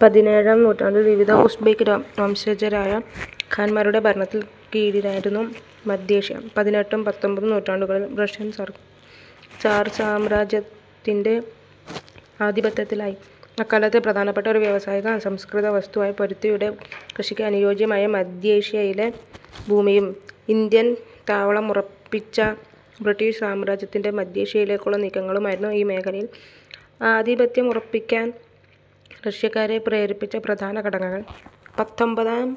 പതിനേഴാം നൂറ്റാണ്ടിൽ വിവിധ ഉസ്ബെക് വംശജരായ ഖാന്മാരുടെ ഭരണത്തിൻ കീഴിലായിരുന്ന മധ്യേഷ്യ പതിനെട്ടും പത്തൊമ്പതും നൂറ്റാണ്ടുകളിൽ റഷ്യൻ സാർ സാമ്രാജ്യത്തിൻ്റെ ആധിപത്യത്തിലായി. അക്കാലത്തെ പ്രധാനപ്പെട്ട ഒരു വ്യാവസായിക അസംസ്കൃതവസ്തുവായ പരുത്തിയുടെ കൃഷിക്ക് അനുയോജ്യമായ മധ്യേഷ്യയിലെ ഭൂമിയും ഇന്ത്യയിൽ താവളമുറപ്പിച്ച ബ്രിട്ടീഷ് സാമ്രാജ്യത്തിൻ്റെ മധ്യേഷ്യയിലേക്കുള്ള നീക്കങ്ങളുമായിരുന്നു ഈ മേഖലയിൽ ആധിപത്യമുറപ്പിക്കാൻ റഷ്യക്കാരെ പ്രേരിപ്പിച്ച പ്രധാന ഘടകങ്ങൾ. പത്തൊമ്പതാം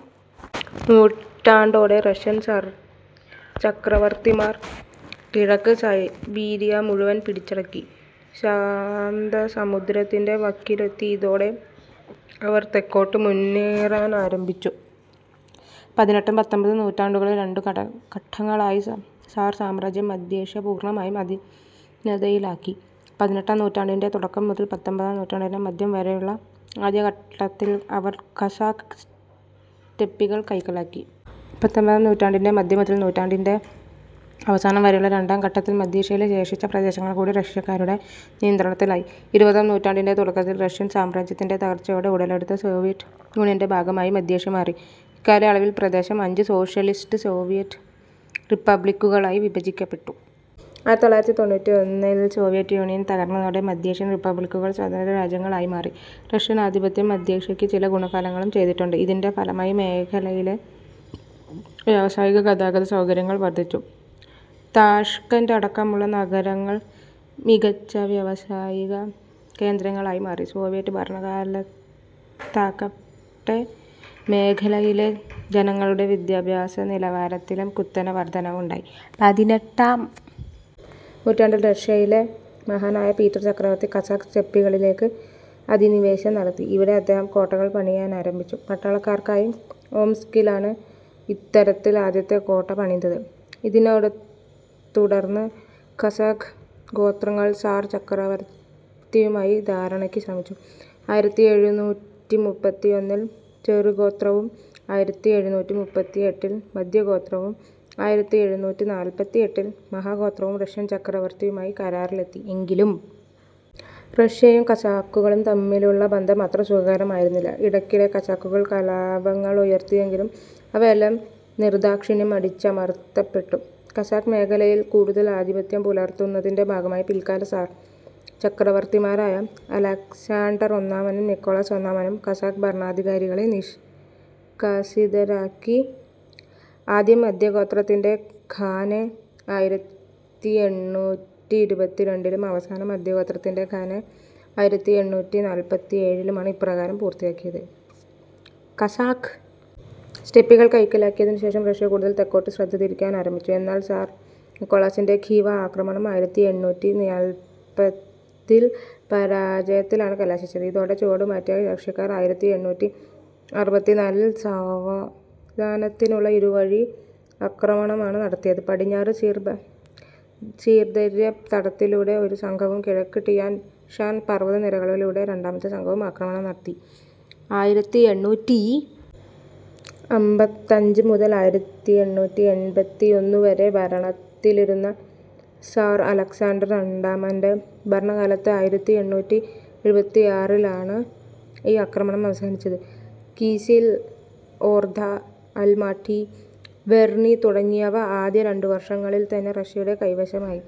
നൂറ്റാണ്ടോടെ റഷ്യൻ സാർ ചക്രവർത്തിമാർ കിഴക്ക് സൈബീരിയ മുഴുവൻ പിടിച്ചടക്കി ശാന്തസമുദ്രത്തിൻ്റെ വക്കിലെത്തി. ഇതോടെ അവർ തെക്കോട്ട് മുന്നേറാനാരംഭിച്ചു. പതിനെട്ടും പത്തൊമ്പതും നൂറ്റാണ്ടുകളിൽ രണ്ടു ഘട്ടങ്ങളിലായി സാർ സാമ്രാജ്യം മധ്യേഷ്യ പൂർണമായും അധീനതയിലാക്കി. പതിനെട്ടാം നൂറ്റാണ്ടിൻ്റെ തുടക്കം മുതൽ പത്തൊമ്പതാം നൂറ്റാണ്ടിൻ്റെ മധ്യം വരെയുള്ള ആദ്യഘട്ടത്തിൽ അവർ കസാഖ് സ്റ്റെപ്പികൾ കൈക്കലാക്കി. പത്തൊമ്പതാം നൂറ്റാണ്ടിൻ്റെ മധ്യം മുതൽ നൂറ്റാണ്ടിൻ്റെ അവസാനം വരെയുള്ള രണ്ടാം ഘട്ടത്തിൽ മധ്യേഷ്യയിലെ ശേഷിച്ച പ്രദേശങ്ങൾ കൂടി റഷ്യക്കാരുടെ നിയന്ത്രണത്തിലായി. ഇരുപതാം നൂറ്റാണ്ടിൻ്റെ തുടക്കത്തിൽ റഷ്യൻ സാമ്രാജ്യത്തിൻ്റെ തകർച്ചയോടെ ഉടലെടുത്ത സോവിയറ്റ് യൂണിയൻ്റെ ഭാഗമായി മധ്യേഷ്യ മാറി. ഇക്കാലയളവിൽ പ്രദേശം അഞ്ച് സോഷ്യലിസ്റ്റ് സോവിയറ്റ് റിപ്പബ്ലിക്കുകളായി വിഭജിക്കപ്പെട്ടു. ആയിരത്തിത്തൊള്ളായിരത്തി തൊണ്ണൂറ്റിയൊന്നിൽ സോവിയറ്റ് യൂണിയൻ തകർന്നതോടെ മധ്യേഷ്യൻ റിപ്പബ്ലിക്കുകൾ സ്വതന്ത്രരാജ്യങ്ങളായി മാറി. റഷ്യൻ ആധിപത്യം മധ്യേഷ്യക്ക് ചില ഗുണഫലങ്ങളും ചെയ്തിട്ടുണ്ട്. ഇതിൻ്റെ ഫലമായി മേഖലയിലെ വ്യാവസായിക ഗതാഗതസൗകര്യങ്ങൾ വർധിച്ചു. താഷ്കന്റ് അടക്കമുള്ള നഗരങ്ങൾ മികച്ച വ്യാവസായികകേന്ദ്രങ്ങളായി മാറി. സോവിയറ്റ് ഭരണകാലത്താകട്ടെ മേഖലയിലെ ജനങ്ങളുടെ വിദ്യാഭ്യാസനിലവാരത്തിലും കുത്തനെ വർധനവുണ്ടായി. പതിനെട്ടാം നൂറ്റാണ്ടിൽ റഷ്യയിലെ മഹാനായ പീറ്റർ ചക്രവർത്തി കസാഖ് സ്റ്റെപ്പികളിലേക്ക് അധിനിവേശം നടത്തി. ഇവിടെ അദ്ദേഹം കോട്ടകൾ പണിയാനാരംഭിച്ചു. പട്ടാളക്കാർക്കായി ഓംസ്കിലാണ് ഇത്തരത്തിൽ ആദ്യത്തെ കോട്ട പണിതത്. ഇതിനെത്തുടർന്ന് കസാഖ് ഗോത്രങ്ങൾ സാർ ചക്രവർത്തിയുമായി ധാരണയ്ക്ക് ശ്രമിച്ചു. ആയിരത്തിയെഴുന്നൂറ്റി മുപ്പത്തിയൊന്നിൽ ചെറുഗോത്രവും ആയിരത്തിയെഴുന്നൂറ്റി മുപ്പത്തിയെട്ടിൽ മധ്യഗോത്രവും ആയിരത്തിയെഴുന്നൂറ്റി നാല്പത്തിയെട്ടിൽ മഹാഗോത്രവും റഷ്യൻ ചക്രവർത്തിയുമായി കരാറിലെത്തി. എങ്കിലും റഷ്യയും കസാഖുകളും തമ്മിലുള്ള ബന്ധം അത്ര സുഖകരമായിരുന്നില്ല. ഇടയ്ക്കിടെ കസാഖുകൾ കലാപങ്ങളുയർത്തിയെങ്കിലും അവയെല്ലാം നിർദാക്ഷിണ്യം അടിച്ചമർത്തപ്പെട്ടു. കസാഖ് മേഖലയിൽ കൂടുതൽ ആധിപത്യം പുലർത്തുന്നതിൻ്റെ ഭാഗമായി പിൽക്കാല സാർ ചക്രവർത്തിമാരായ അലക്സാണ്ടർ ഒന്നാമനും നിക്കോളസ് ഒന്നാമനും കസാഖ് ഭരണാധികാരികളെ നിഷ്കാസിതരാക്കി. ആദ്യം മധ്യഗോത്രത്തിൻ്റെ ഖാനെ ആയിരത്തിയെണ്ണൂറ്റി ഇരുപത്തിരണ്ടിലും അവസാനം മഹാഗോത്രത്തിൻ്റെ ഖാനെ ആയിരത്തിയെണ്ണൂറ്റി നാല്പത്തിയേഴിലുമാണ് ഇപ്രകാരം പുറത്താക്കിയത്. കസാഖ് സ്റ്റെപ്പികൾ കൈക്കലാക്കിയതിനുശേഷം റഷ്യ കൂടുതൽ തെക്കോട്ട് ശ്രദ്ധതിരിക്കാനാരംഭിച്ചു. എന്നാൽ സാർ നിക്കോളസിൻ്റെ ഖീവ ആക്രമണം ആയിരത്തിയെണ്ണൂറ്റി നാല്പതിൽ പരാജയത്തിലാണ് കലാശിച്ചത്. ഇതോടെ ചുവടുമാറ്റിയ റഷ്യക്കാർ ആയിരത്തിയെണ്ണൂറ്റി അറുപത്തിനാലിൽ സാവധാനത്തിലുള്ള ഇരുവഴി ആക്രമണമാണ് നടത്തിയത്. പടിഞ്ഞാറ് സിർ ദര്യ തടത്തിലൂടെ ഒരു സംഘവും കിഴക്ക് ടിയാൻ ഷാൻ പർവതനിരകളിലൂടെ രണ്ടാമത്തെ സംഘവും ആക്രമണം നടത്തി. ആയിരത്തിയെണ്ണൂറ്റി അമ്പത്തഞ്ച് മുതൽ ആയിരത്തിയെണ്ണൂറ്റി എൺപത്തിയൊന്നുവരെ ഭരണത്തിലിരുന്ന സാർ അലക്സാണ്ടർ രണ്ടാമൻ്റെ ഭരണകാലത്ത് ആയിരത്തിയെണ്ണൂറ്റി എഴുപത്തിയാറിലാണ് ഈ ആക്രമണം അവസാനിച്ചത്. കിസിൽ ഒർദ. അൽമാട്ടി. വെർണി തുടങ്ങിയവ ആദ്യ രണ്ടുവർഷങ്ങളിൽത്തന്നെ റഷ്യയുടെ കൈവശമായി.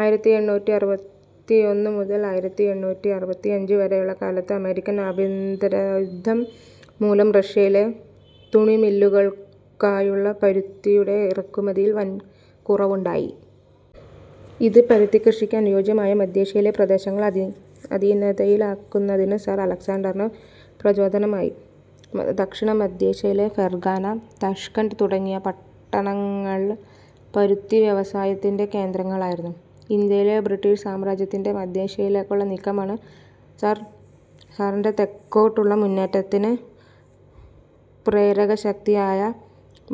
ആയിരത്തിയെണ്ണൂറ്റി അറുപത്തിയൊന്ന് മുതൽ ആയിരത്തിയെണ്ണൂറ്റി അറുപത്തിയഞ്ച് വരെയുള്ള കാലത്തെ അമേരിക്കൻ ആഭ്യന്തരയുദ്ധം മൂലം റഷ്യയിലെ തുണിമില്ലുകൾക്കായുള്ള പരുത്തിയുടെ ഇറക്കുമതിയിൽ വൻകുറവുണ്ടായി. ഇത് പരുത്തിക്കൃഷിക്ക് അനുയോജ്യമായ മധ്യേഷ്യയിലെ പ്രദേശങ്ങൾ അധീനതയിലാക്കുന്നതിന് സാർ അലക്സാണ്ടറിന് പ്രചോദനമായി. ദക്ഷിണ മധ്യേഷ്യയിലെ ഫെർഗാന. താഷ്കന്റ് തുടങ്ങിയ പട്ടണങ്ങൾ പരുത്തിവ്യവസായത്തിൻ്റെ കേന്ദ്രങ്ങളായിരുന്നു. ഇന്ത്യയിലെ ബ്രിട്ടീഷ് സാമ്രാജ്യത്തിൻ്റെ മധ്യേഷ്യയിലേക്കുള്ള നീക്കമാണ് സാറിൻ്റെ തെക്കോട്ടുള്ള മുന്നേറ്റത്തിന് പ്രേരകശക്തിയായ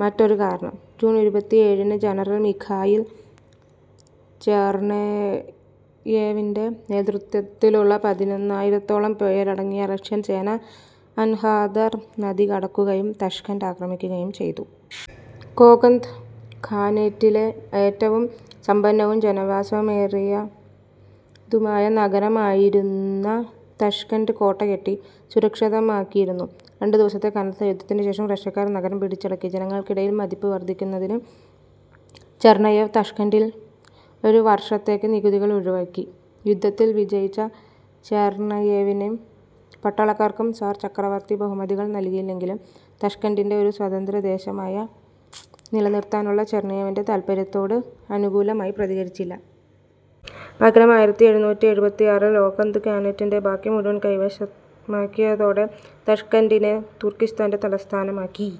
മറ്റൊരു കാരണം. ജൂൺ ഇരുപത്തിയേഴിന് ജനറൽ മിഖായിൽ ചെർണയേവിൻ്റെ നേതൃത്വത്തിലുള്ള പതിനയ്യായിരത്തോളം പേരടങ്ങിയ റഷ്യൻ സേന അൻഹാർ നദി കടക്കുകയും താഷ്കന്റ് ആക്രമിക്കുകയും ചെയ്തു. കോകന്ദ് ഖാനേറ്റിലെ ഏറ്റവും സമ്പന്നവും ജനവാസമേറിയതുമായ നഗരമായിരുന്ന താഷ്കന്റ് കോട്ട കെട്ടി സുരക്ഷിതമാക്കിയിരുന്നു. രണ്ടു ദിവസത്തെ കനത്ത യുദ്ധത്തിനുശേഷം റഷ്യക്കാർ നഗരം പിടിച്ചടക്കി. ജനങ്ങൾക്കിടയിൽ മതിപ്പ് വർധിപ്പിക്കുന്നതിന് ചെർണയേവ് താഷ്കന്റിൽ ഒരു വർഷത്തേക്ക് നികുതികൾ ഒഴിവാക്കി. യുദ്ധത്തിൽ വിജയിച്ച ചെർണയേവിനും പട്ടാളക്കാർക്കും സാർ ചക്രവർത്തി ബഹുമതികൾ നൽകിയെങ്കിലും താഷ്കന്റിനെ ഒരു സ്വതന്ത്രദേശമായി നിലനിർത്താനുള്ള ചെർണയേവിൻ്റെ താൽപര്യത്തോട് അനുകൂലമായി പ്രതികരിച്ചില്ല. പകരം ആയിരത്തിയെണ്ണൂറ്റി എഴുപത്തിയാറിൽ ഖോകന്ദ് ഖാനേറ്റിൻ്റെ ബാക്കി മുഴുവൻ കൈവശമാക്കിയതോടെ താഷ്കന്റിനെ തുർക്കിസ്താൻ്റെ തലസ്ഥാനമാക്കി.